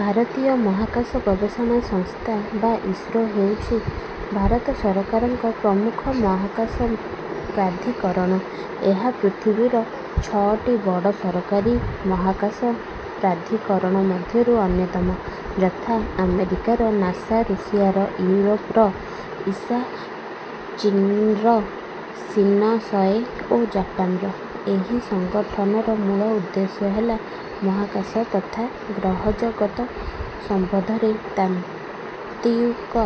ଭାରତୀୟ ମହାକାଶ ଗବେଷଣା ସଂସ୍ଥା ବା ଇସ୍ରୋ ହେଉଛି ଭାରତ ସରକାରଙ୍କ ପ୍ରମୁଖ ମହାକାଶ ପ୍ରାଧିକରଣ। ଏହା ପୃଥିବୀର ଛଅଟି ବଡ ସରକାରୀ ମହାକାଶ ପ୍ରାଧିକରଣ ମଧ୍ୟରୁ ଅନ୍ୟତମ ଯଥା ଆମେରିକାର ନାସା ଋଷିଆର ଇଉରୋପର ଇସା ଚୀନର ସିନସଏ ଓ ଜାପାନର। ଏହି ସଂଗଠନର ମୂଳ ଉଦ୍ଦେଶ୍ୟ ହେଲା ମହାକାଶ ତଥା ଗ୍ରହଜଗତ ସମ୍ବନ୍ଧରେ ତାତ୍ତ୍ୱିକ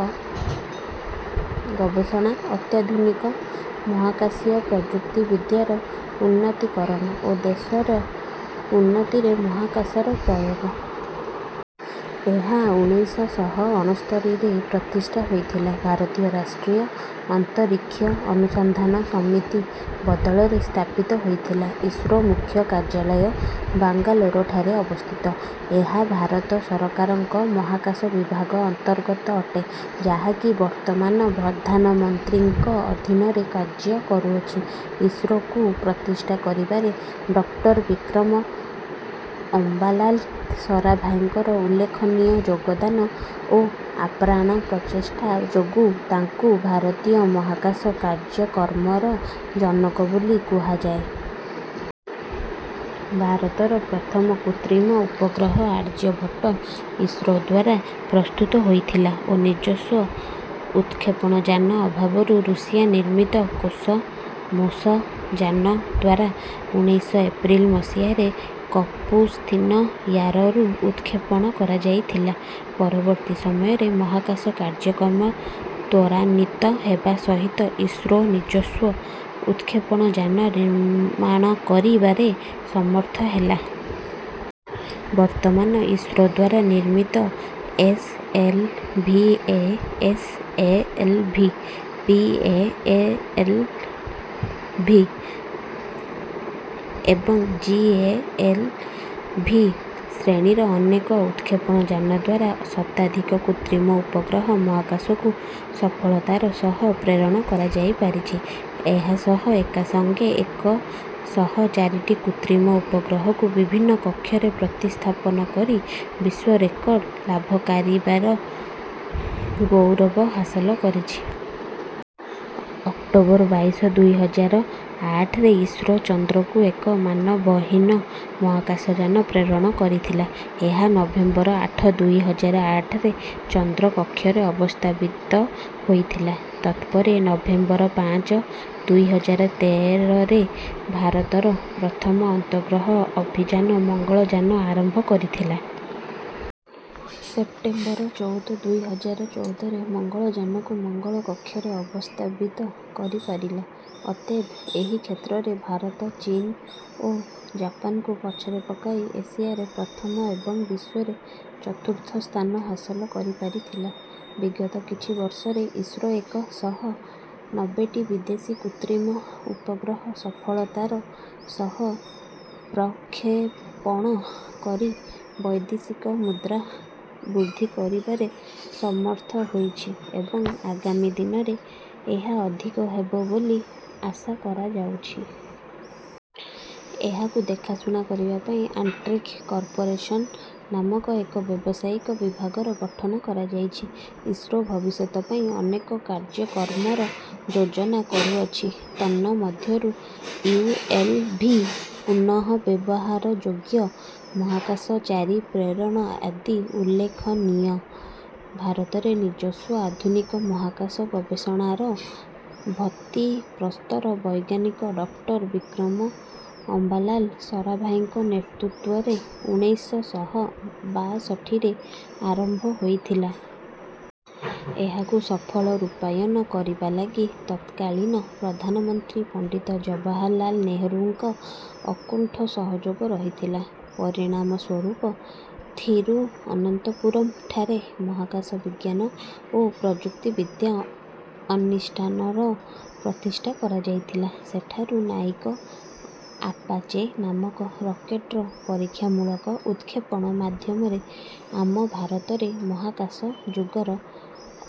ଗବେଷଣା ଅତ୍ୟାଧୁନିକ ମହାକାଶୀୟ ପ୍ରଯୁକ୍ତି ବିଦ୍ୟାର ଉନ୍ନତିକରଣ ଓ ଦେଶର ଉନ୍ନତିରେ ମହାକାଶର ପ୍ରୟୋଗ। ଏହା ଉଣେଇଶ ଶହ ଅଣସ୍ତରୀରେ ପ୍ରତିଷ୍ଠା ହୋଇଥିଲା। ଭାରତୀୟ ରାଷ୍ଟ୍ରୀୟ ଅନ୍ତରୀକ୍ଷ ଅନୁସନ୍ଧାନ ସମିତି ବଦଳରେ ସ୍ଥାପିତ ହୋଇଥିଲା। ଇସ୍ରୋ ମୁଖ୍ୟ କାର୍ଯାଳୟ ବାଙ୍ଗାଲୋରଠାରେ ଅବସ୍ଥିତ। ଏହା ଭାରତ ସରକାରଙ୍କ ମହାକାଶ ବିଭାଗ ଅନ୍ତର୍ଗତ ଅଟେ ଯାହାକି ବର୍ତମାନ ପ୍ରଧାନମନ୍ତ୍ରୀଙ୍କ ଅଧୀନରେ କାର୍ଯ୍ୟ କରୁଅଛି। ଇସ୍ରୋକୁ ପ୍ରତିଷ୍ଠା କରିବାରେ ଡକ୍ଟର ବିକ୍ରମ ଅମ୍ବାଲାଲ୍ ସରାଭାଇଙ୍କର ଉଲ୍ଲେଖନୀୟ ଯୋଗଦାନ ଓ ଆପ୍ରାଣ ପ୍ରଚେଷ୍ଟା ଯୋଁଗୁ ତାଙ୍କୁ ଭାରତୀୟ ମହାକାଶ କାର୍ଯ୍ୟକ୍ରମର ଜନକ ବୋଲି କୁହାଯାଏ। ଭାରତର ପ୍ରଥମ କୃତ୍ରିମ ଉପଗ୍ରହ ଆର୍ଯ୍ୟଭଟ୍ଟ ଇସ୍ରୋଦ୍ୱାରା ପ୍ରସ୍ତୁତ ହୋଇଥିଲା ଓ ନିଜସ୍ୱ ଉତକ୍ଷେପଣଯାନ ଅଭାବରୁ ରୁଷିଆ ନିର୍ମିତ କୋସମୋସ ଯାନଦ୍ୱାରା ଉଣେଇଶ ଏପ୍ରିଲ ମସିହାରେ କପୁସ୍ତିନ ୟାରରୁ ଉତକ୍ଷେପଣ କରଯାଇଥିଲା। ପରବର୍ତ୍ତୀ ସମୟରେ ମହାକାଶ କାର୍ଯ୍ୟକ୍ରମ ତ୍ୱରାନ୍ୱିତ ହେବା ସହିତ ଇସ୍ରୋ ନିଜସ୍ୱ ଉତକ୍ଷେପଣଯାନ ନିର୍ମାଣ କାରିବାରେ ସମର୍ଥହେଲା। ବର୍ତ୍ତମାନ ଇସ୍ରୋଦ୍ୱାରା ନିର୍ମିତ ଏସଏଲଭିଏଏସଏଲଭି, ପିଏଏଲଭି ଏବଂ ଜିଏଏଲଭି ଶ୍ରେଣୀର ଅନେକ ଉତକ୍ଷେପଣଯାନଦ୍ୱାରା ଶତାଧିକ କୃତ୍ରିମ ଉପଗ୍ରହ ମହାକାଶକୁ ସଫଳତାର ସହ ପ୍ରେରଣ କରାଯାଇପାରିଛି। ଏହାସହ ଏକାସଙ୍ଗେ ଏକ ଶହ ଚାରିଟି କୃତ୍ରିମ ଉପଗ୍ରହକୁ ବିଭିନ୍ନ କକ୍ଷରେ ପ୍ରତିସ୍ଥାପନ କରି ବିଶ୍ୱରେକର୍ଡ ଲାଭକାରିବାର ଗୌରବହାସଲ କରିଛି। ଅକ୍ଟୋବର ବାଇଶ ଦୁଇ ହଜାର ଆଠରେ ଇସ୍ରୋ ଚନ୍ଦ୍ରକୁ ଏକ ମାନବହୀନ ମହାକାଶଯାନ ପ୍ରେରଣ କରିଥିଲା। ଏହା ନଭେମ୍ବର ଆଠ ଦୁଇ ହଜାର ଆଠରେ ଚନ୍ଦ୍ର କକ୍ଷରେ ଅବସ୍ଥାବିତ ହୋଇଥିଲା। ତତ୍ପରେ ନଭେମ୍ବର ପାଞ୍ଚ ଦୁଇ ହଜାର ତେରରେ ଭାରତର ପ୍ରଥମ ଅର୍ନ୍ତଗ୍ରହ ଅଭିଯାନ ମଙ୍ଗଳଯାନ ଆରମ୍ଭ କରିଥିଲା। ସେପ୍ଟେମ୍ବର ଚଉଦ ଦୁଇ ହଜାର ଚଉଦରେ ମଙ୍ଗଳଯାନକୁ ମଙ୍ଗଳ କକ୍ଷରେ ଅବସ୍ଥାବିତ କରିପାରିଲା। ଅତଏବ ଏହିକ୍ଷେତ୍ରରେ ଭାରତ ଚୀନ୍ ଓ ଜାପାନକୁ ପଛରେ ପକାଇ ଏସିଆରେ ପ୍ରଥମ ଏବଂ ବିଶ୍ୱରେ ଚତୁର୍ଥ ସ୍ଥାନ ହାସଲ କାରିପାରିଥିଲା। ବିଗତ କିଛି ବର୍ଷରେ ଇସ୍ରୋ ଏକ ଶହ ନବ୍ବେଟି ବିଦେଶୀ କୃତ୍ରିମ ଉପଗ୍ରହ ସଫଳତାର ସହ ପ୍ରକ୍ଷେପଣ କରି ବୈଦେଶିକ ମୁଦ୍ରା ବୃଦ୍ଧି କରିବାରେ ସମର୍ଥ ହୋଇଛି ଏବଂ ଆଗାମୀ ଦିନରେ ଏହା ଅଧିକ ହେବ ବୋଲି ଆଶା କରାଯାଉଛି। ଏହାକୁ ଦେଖାଶୁଣା କରିବା ପାଇଁ ଆଣ୍ଟ୍ରିକ୍ଷ୍ କର୍ପୋରେଶନ ନାମକ ଏକ ବ୍ୟବସାୟିକ ବିଭାଗର ଗଠନ କରାଯାଇଛି। ଇସ୍ରୋ ଭବିଷ୍ୟତ ପାଇଁ ଅନେକ କାର୍ଯ୍ୟକ୍ରମର ଯୋଜନା କରୁଅଛି। ତନ୍ନମଧ୍ୟରୁ ୟୁଏଲଭି ପୁନ୍ନଃବ୍ୟବହାରଯ୍ୟୋଗ୍ୟ ମହାକାଶଚାରୀ ପ୍ରେରଣ ଆଦି ଉଲ୍ଲେଖନୀୟ। ଭାରତରେ ନିଜସ୍ୱ ଆଧୁନିକ ମହାକାଶ ଗବେଷଣାର ଭତ୍ତିପ୍ରସ୍ତର ବୈଜ୍ଞାନିକ ଡକ୍ଟର ବିକ୍ରମ ଅମ୍ବାଲାଲ୍ ସରାଭାଇଙ୍କ ନେତୃତ୍ୱରେ ଉଣେଇଶ ଶହ ବାଷଠିରେ ଆରମ୍ବ ହୋଇଥିଲା। ଏହାକୁ ସଫଳ ରୂପାୟନ କରିବାଲାଗି ତତ୍କାଳିନ ପ୍ରଧାନମନ୍ତ୍ରୀ ପଣ୍ଡିତ ଜବାହାରଲାଲ୍ ନେହେରୁଙ୍କ ଅକୁଣ୍ଠ ସହଯୋଗ ରହିଥିଲା। ପରିଣାମସ୍ୱରୁପ ଥିରୁଅନନ୍ତପୁରମ୍ ଠାରେ ମହାକାଶ ବିଜ୍ଞାନ ଓ ପ୍ରଯୁକ୍ତିବିଦ୍ୟା ଅନିଷ୍ଠାନ ର ପ୍ରତିଷ୍ଠା କରାଯାଇଥିଲା। ସେଠାରୁ ନାଇକ ଆପାଚେ ନାମକ ରକେଟର ପରୀକ୍ଷାମୂଳକ ଉତକ୍ଷେପଣ ମାଧ୍ୟମରେ ଆମ ଭାରତରେ ମହାକାଶ ଯୁଗର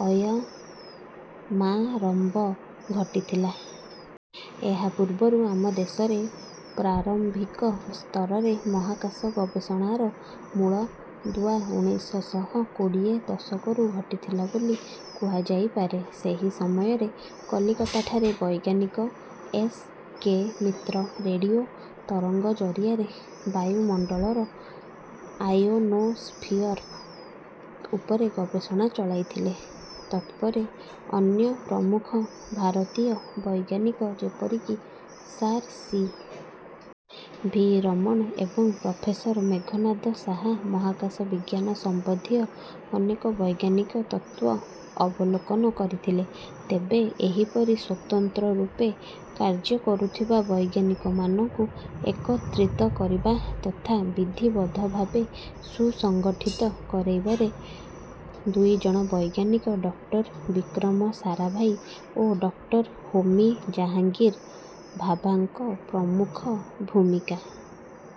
ଅୟମାରମ୍ବ ଘଟିଥିଲା। ଏହାର ପୂର୍ବରୁ ଆମ ଦେଶରେ ପ୍ରାରମ୍ଭିକ ସ୍ତରରେ ମହାକାଶ ଗବେଷଣାର ମୂଳଦୁଆ ଉଣେଇଶ ଶହ କୋଡ଼ିଏ ଦଶକରୁ ଘଟିଥିଲା ବୋଲି କୁହାଯାଇପାରେ। ସେହି ସମୟରେ କଲିକତାଠାରେ ବୈଜ୍ଞାନିକ ଏସ. କେ. ମିତ୍ର ରେଡିଓ ତରଙ୍ଗ ଜରିଆରେ ବାୟୁମଣ୍ଡଳର ଆୟୋନୋସ୍ଫିୟର ଉପରେ ଗବେଷଣା ଚଳାଇଥିଲେ। ତତ୍ପରେ ଅନ୍ୟ ପ୍ରମୁଖ ଭାରତୀୟ ବୈଜ୍ଞାନିକ ଯେପରିକି ସାର୍ ସି. ଭି. ରମଣ ଏବଂ ପ୍ରଫେସର ମେଘନାଦ ଶାହା ମହାକାଶ ବିଜ୍ଞାନ ସମ୍ବନ୍ଧୀୟ ଅନେକ ବୈଜ୍ଞାନିକ ତତ୍ତ୍ୱ ଅବଲୋକନ କରିଥିଲେ। ତେବେ ଏହିପରି ସ୍ୱତନ୍ତ୍ର ରୂପେ କାର୍ଯକରୁଥିବା ବୈଜ୍ଞାନିକମାନଙ୍କୁ ଏକତ୍ରିତ କରିବା ତଥା ବିଧିବଦ୍ଧ ଭାବେ ସୁସଙ୍ଗଠିତ କରେଇବାରେ ଦୁଇ ଜଣ ବୈଜ୍ଞାନିକ ଡକ୍ଟର ବିକ୍ରମ ସାରାଭାଇ ଓ ଡକ୍ଟର ହୋମି ଜାହାଙ୍ଗୀର ଭାବାଙ୍କ ପ୍ରମୁଖ ଭୁମିକା